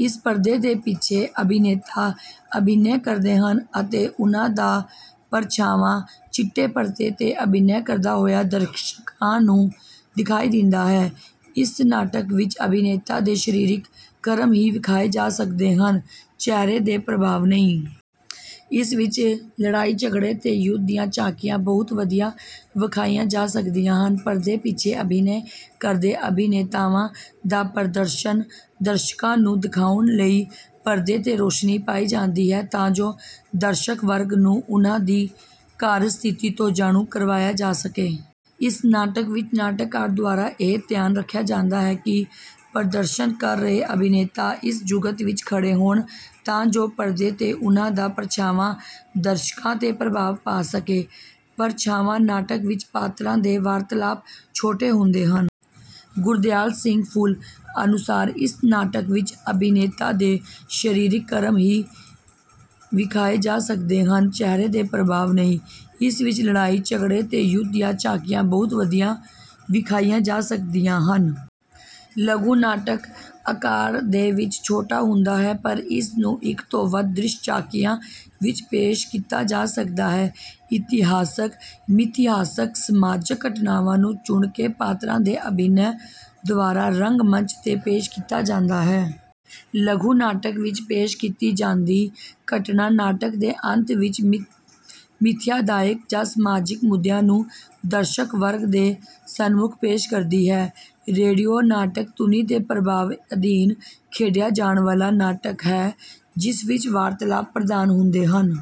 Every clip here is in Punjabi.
ਇਸ ਪਰਦੇ ਦੇ ਪਿੱਛੇ ਅਭਿਨੇਤਾ ਅਭਿਨੈ ਕਰਦੇ ਹਨ, ਅਤੇ ਉਨ੍ਹਾਂ ਦਾ ਪ੍ਰਛਾਵਾਂ ਚਿੱਟੇ ਪਰਦੇ ਤੇ ਅਭਿਨੈ ਕਰਦਾ ਹੋਇਆ ਦਰਸ਼ਕਾਂ ਨੂੰ ਦਿਖਾਈ ਦਿੰਦਾ ਹੈ। ਇਸ ਨਾਟਕ ਵਿੱਚ ਅਭਿਨੇਤਾ ਦੇ ਸਰੀਰਕ ਕਰਮ ਹੀ ਵਿਖਾਏ ਜਾ ਸਕਦੇ ਹਨ, ਚਿਹਰੇ ਦੇ ਪ੍ਰਭਾਵ ਨਹੀਂ। ਇਸ ਵਿੱਚ ਲੜਾਈ ਝਗੜੇ ਤੇ ਯੁੱਧ ਦੀਆਂ ਝਾਕੀਆਂ ਬਹੁਤ ਵਧੀਆ ਵਿਖਾਈਆਂ ਜਾ ਸਕਦੀਆਂ ਹਨ। ਪਰਦੇ ਪਿੱਛੇ ਅਭਿਨੈ ਕਰਦੇ ਅਭਿਨੇਤਾਵਾਂ ਦਾ ਪ੍ਰਦਰਸ਼ਨ ਦਰਸ਼ਕਾਂ ਨੂੰ ਦਿਖਾਉਣ ਲਈ ਪਰਦੇ ਤੇ ਰੌਸ਼ਨੀ ਪਾਈ ਜਾਂਦੀ ਹੈ, ਤਾਂ ਜੋ ਦਰਸ਼ਕ ਵਰਗ ਨੂੰ ਉਨ੍ਹਾਂ ਦੀ ਕਾਰਜ ਸਥਿਤੀ ਤੋਂ ਜਾਣੂ ਕਰਵਾਇਆ ਜਾ ਸਕੇ। ਇਸ ਨਾਟਕ ਵਿੱਚ ਨਾਟਕਕਾਰ ਦੁਆਰਾ ਇਹ ਧਿਆਨ ਰੱਖਿਆ ਜਾਂਦਾ ਹੈ, ਕਿ ਪ੍ਰਦਰਸ਼ਨ ਕਰ ਰਹੇ ਅਭਿਨੇਤਾ ਇੱਕ ਜੁਗਤ ਵਿੱਚ ਖੜੇ ਹੋਣ, ਤਾਂ ਜੋ ਪਰਦੇ ਤੇ ਉਨ੍ਹਾਂ ਦਾ ਪ੍ਰਛਾਵਾਂ ਦਰਸ਼ਕਾਂ ਤੇ ਪ੍ਰਭਾਵ ਪਾ ਸਕੇ। ਪ੍ਰਛਾਵਾਂ ਨਾਟਕ ਵਿੱਚ ਪਾਤਰਾਂ ਦੇ ਵਾਰਤਾਲਾਪ ਛੋਟੇ ਹੁੰਦੇ ਹਨ। ਗੁਰਦਿਆਲ ਸਿੰਘ ਫੁੱਲ ਅਨੁਸਾਰ, ਇਸ ਨਾਟਕ ਵਿੱਚ ਅਭਿਨੇਤਾ ਦੇ ਸਰੀਰਕ ਕਰਮ ਹੀ ਵਿਖਾਏ ਜਾ ਸਕਦੇ ਹਨ, ਚਿਹਰੇ ਦੇ ਪ੍ਰਭਾਵ ਨਹੀਂ। ਇਸ ਵਿੱਚ ਲੜਾਈ ਝਗੜੇ ਤੇ ਯੁੱਧ ਦੀਆਂ ਝਾਕੀਆਂ ਬਹੁਤ ਵਧੀਆ ਵਿਖਾਈਆਂ ਜਾ ਸਕਦੀਆਂ ਹਨ। ਲਘੂ ਨਾਟਕ ਆਕਾਰ ਦੇ ਵਿੱਚ ਛੋਟਾ ਹੁੰਦਾ ਹੈ, ਪਰ ਇਸ ਨੂੰ ਇੱਕ ਤੋਂ ਵੱਧ ਦ੍ਰਿਸ਼ ਝਾਕੀਆਂ ਵਿੱਚ ਪੇਸ਼ ਕੀਤਾ ਜਾ ਸਕਦਾ ਹੈ। ਇਤਿਹਾਸਿਕ, ਮਿਥਿਹਾਸਿਕ, ਸਮਾਜਿਕ ਘਟਨਾਵਾਂ ਨੂੰ ਚੁਣ ਕੇ ਪਾਤਰਾਂ ਦੇ ਅਭਿਨੈ ਦੁਆਰਾ ਰੰਗਮੰਚ ਤੇ ਪੇਸ਼ ਕੀਤਾ ਜਾਂਦਾ ਹੈ। ਲਘੂ ਨਾਟਕ ਵਿੱਚ ਪੇਸ਼ ਕੀਤੀ ਜਾਂਦੀ ਘਟਨਾ ਨਾਟਕ ਦੇ ਅੰਤ ਵਿੱਚ ਮਿਥਿਆਦਾਇਕ ਜਾਂ ਸਮਾਜਿਕ ਮੁੱਦਿਆਂ ਨੂੰ ਦਰਸ਼ਕ ਵਰਗ ਦੇ ਸਨਮੁੱਖ ਪੇਸ਼ ਕਰਦੀ ਹੈ। ਰੇਡੀਓ ਨਾਟਕ ਧੁਨੀ ਦੇ ਪ੍ਰਭਾਵ ਅਧੀਨ ਖੇਡਿਆ ਜਾਣ ਵਾਲਾ ਨਾਟਕ ਹੈ, ਜਿਸ ਵਿੱਚ ਵਾਰਤਾਲਾਪ ਪ੍ਰਧਾਨ ਹੁੰਦੇ ਹਨ।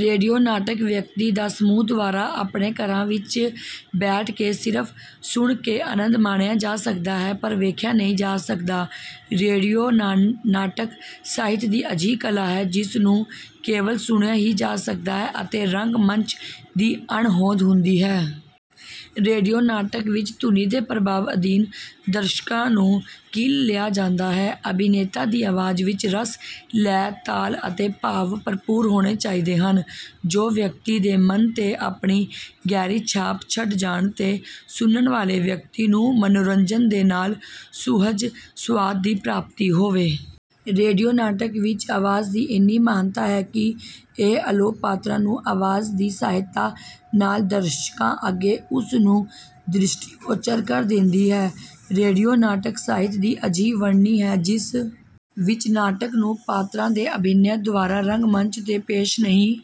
ਰੇਡੀਓ ਨਾਟਕ ਵਿਅਕਤੀ ਜਾਂ ਸਮੂਹ ਦੁਆਰਾ ਆਪਣੇ ਘਰਾਂ ਵਿੱਚ ਬੈਠ ਕੇ ਸਿਰਫ ਸੁਣ ਕੇ ਅਨੰਦ ਮਾਣਿਆ ਜਾ ਸਕਦਾ ਹੈ, ਪਰ ਵੇਖਿਆ ਨਹੀਂ ਜਾ ਸਕਦਾ। ਰੇਡੀਓ ਨਾਟਕ ਸਾਹਿਤ ਦੀ ਅਜਿਹੀ ਕਲਾ ਹੈ, ਜਿਸ ਨੂੰ ਕੇਵਲ ਸੁਣਿਆ ਹੀ ਜਾ ਸਕਦਾ ਹੈ, ਅਤੇ ਰੰਗਮੰਚ ਦੀ ਅਣਹੋਂਦ ਹੁੰਦੀ ਹੈ। ਰੇਡੀਓ ਨਾਟਕ ਵਿੱਚ ਧੁਨੀ ਦੇ ਪ੍ਰਭਾਵ ਅਧੀਨ ਦਰਸ਼ਕਾਂ ਨੂੰ ਕੀਲ ਲਿਆ ਜਾਂਦਾ ਹੈ। ਅਭਿਨੇਤਾ ਦੀ ਆਵਾਜ਼ ਵਿੱਚ ਰਸ, ਲੈਅ, ਤਾਲ ਅਤੇ ਭਾਵ ਭਰਪੂਰ ਹੋਣੇ ਚਾਹੀਦੇ ਹਨ, ਜੋ ਵਿਅਕਤੀ ਦੇ ਮਨ ਤੇ ਆਪਣੀ ਗਹਿਰੀ ਛਾਪ ਛੱਡ ਜਾਣ, ਤੇ ਸੁਣਨ ਵਾਲੇ ਵਿਅਕਤੀ ਨੂੰ ਮਨੋਰੰਜਨ ਦੇ ਨਾਲ ਸੁਹਜ ਸੁਆਦ ਦੀ ਪ੍ਰਾਪਤੀ ਹੋਵੇ। ਰੇਡੀਓ ਨਾਟਕ ਵਿੱਚ ਆਵਾਜ਼ ਦੀ ਇੰਨੀ ਮਹਾਨਤਾ ਹੈ, ਕਿ ਇਹ ਅਲੋਪ ਪਾਤਰਾਂ ਨੂੰ ਆਵਾਜ਼ ਦੀ ਸਹਾਇਤਾ ਨਾਲ ਦਰਸ਼ਕਾਂ ਅੱਗੇ ਉਸ ਨੂੰ ਦ੍ਰਿਸ਼ਟੀਗੋਚਰ ਕਰ ਦਿੰਦੀ ਹੈ। ਰੇਡੀਓ ਨਾਟਕ ਸਾਹਿਤ ਦੀ ਅਜਿਹੀ ਵੰਨਗੀ ਹੈ, ਜਿਸ ਵਿੱਚ ਨਾਟਕ ਨੂੰ ਪਾਤਰਾਂ ਦੇ ਅਭਿਨੈ ਦੁਆਰਾ ਰੰਗਮੰਚ ਤੇ ਪੇਸ਼ ਨਹੀਂ